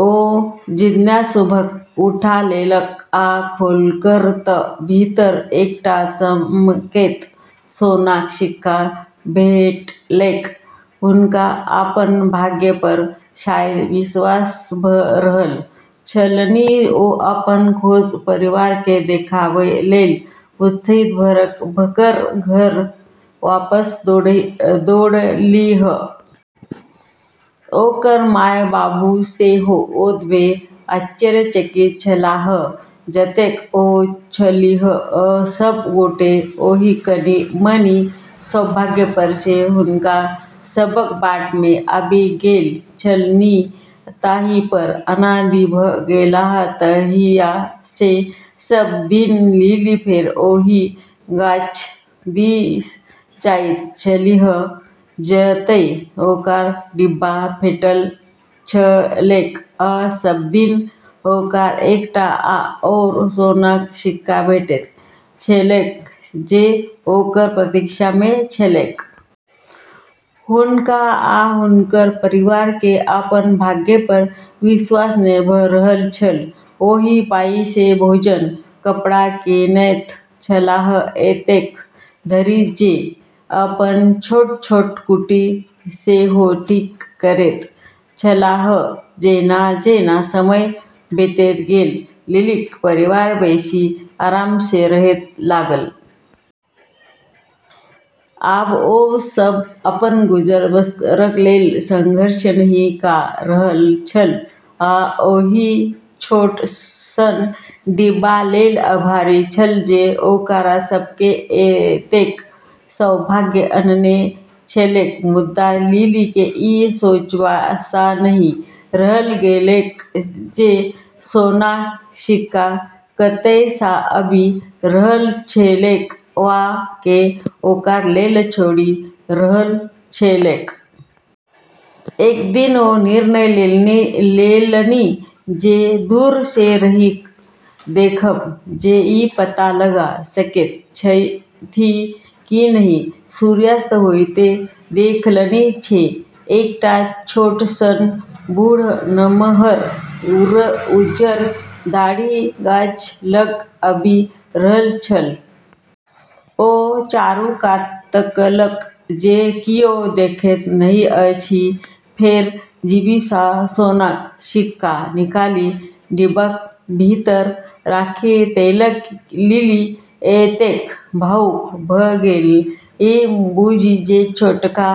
ओ जिज्ञासु भऽ कऽ उठा लेलक आ खोललक तऽ भीतर एकटा चमकैत सोनाक सिक्का भेटलैक। हुनका अपन भाग्य पर शायदे विश्वास भऽ रहल छलनि ।ओ अपन खोज परिवार केँ देखाबय लेल उत्साहित भऽ कऽ घर वापस दौड़लीह । ओकर माय-बाबू सेहो ओतबे आश्चर्यचकित छलाह जतेक ओ छलीह, आ सभ गोटे ओहि कनि-मनि सौभाग्य पर जे हुनका सभक बाट मे आबि गेल छलनि, ताहि पर आनन्दित भऽ गेलाह। तहिया सँ सब दिन लिली फेर ओहि गाछ दिस जाइत छलीह जतय ओकरा डिब्बा भेटल छलैक, आ सब दिन ओकरा एकटा आओर सोनाक सिक्का भेटैत छलैक जे ओकर प्रतीक्षा मे छलैक। हुनका आ हुनकर परिवार के अपन भाग्य पर विश्वास नै भ रहल छल! ओहि पाइ सँ भोजन, कपड़ा कीनैत छलाह, एतेक धरि जे अपन छोट-छोट कुटी सेहो ठीक करैत छलाह। जेना-जेना समय बीतैत गेल, लिलीक परिवार बेसी आराम सँ रहय लागल। आब ओ सभ अपन गुजर-बसरक लेल संघर्ष नहि कऽ रहल छल, आ ओहि छोट सन डिब्बा लेल आभारी छल जे ओकरा सभ केँ एतेक सौभाग्य अनने छलैक। मुदा, लिली केँ ई सोचबा सँ नहि रहल गेलैक जे सोनाक सिक्का कतय सँ आबि रहल छलैक, आ के ओकरा लेल छोड़ि रहल छलैक। एक दिन ओ निर्णय लेलनि जे दूर सँ रहि कऽ देखब, जे ई पता लगा सकैत छथि कि नहि। सूर्यास्त होइते देखलनि जे एकटा छोट सन बूढ़, नमहर उज्जर दाढ़ी, गाछ लग आबि रहल छल। ओ चारू कात तकलक जे कियो देखैत नहि अछि, फेर जेबीसँ सोनाक सिक्का निकालि डिब्बाक भीतर राखि देलक। लिली एतेक भावुक भऽ गेलै, ई बुझि जे छोटका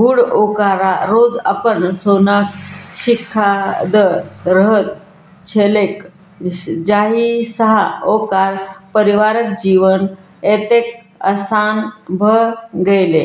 बूढ़ ओकरा रोज अपन सोनाक सिक्का दऽ रहल छलैक, जाहि सँ ओकर परिवारक जीवन एतेक आसान भऽ गेलै।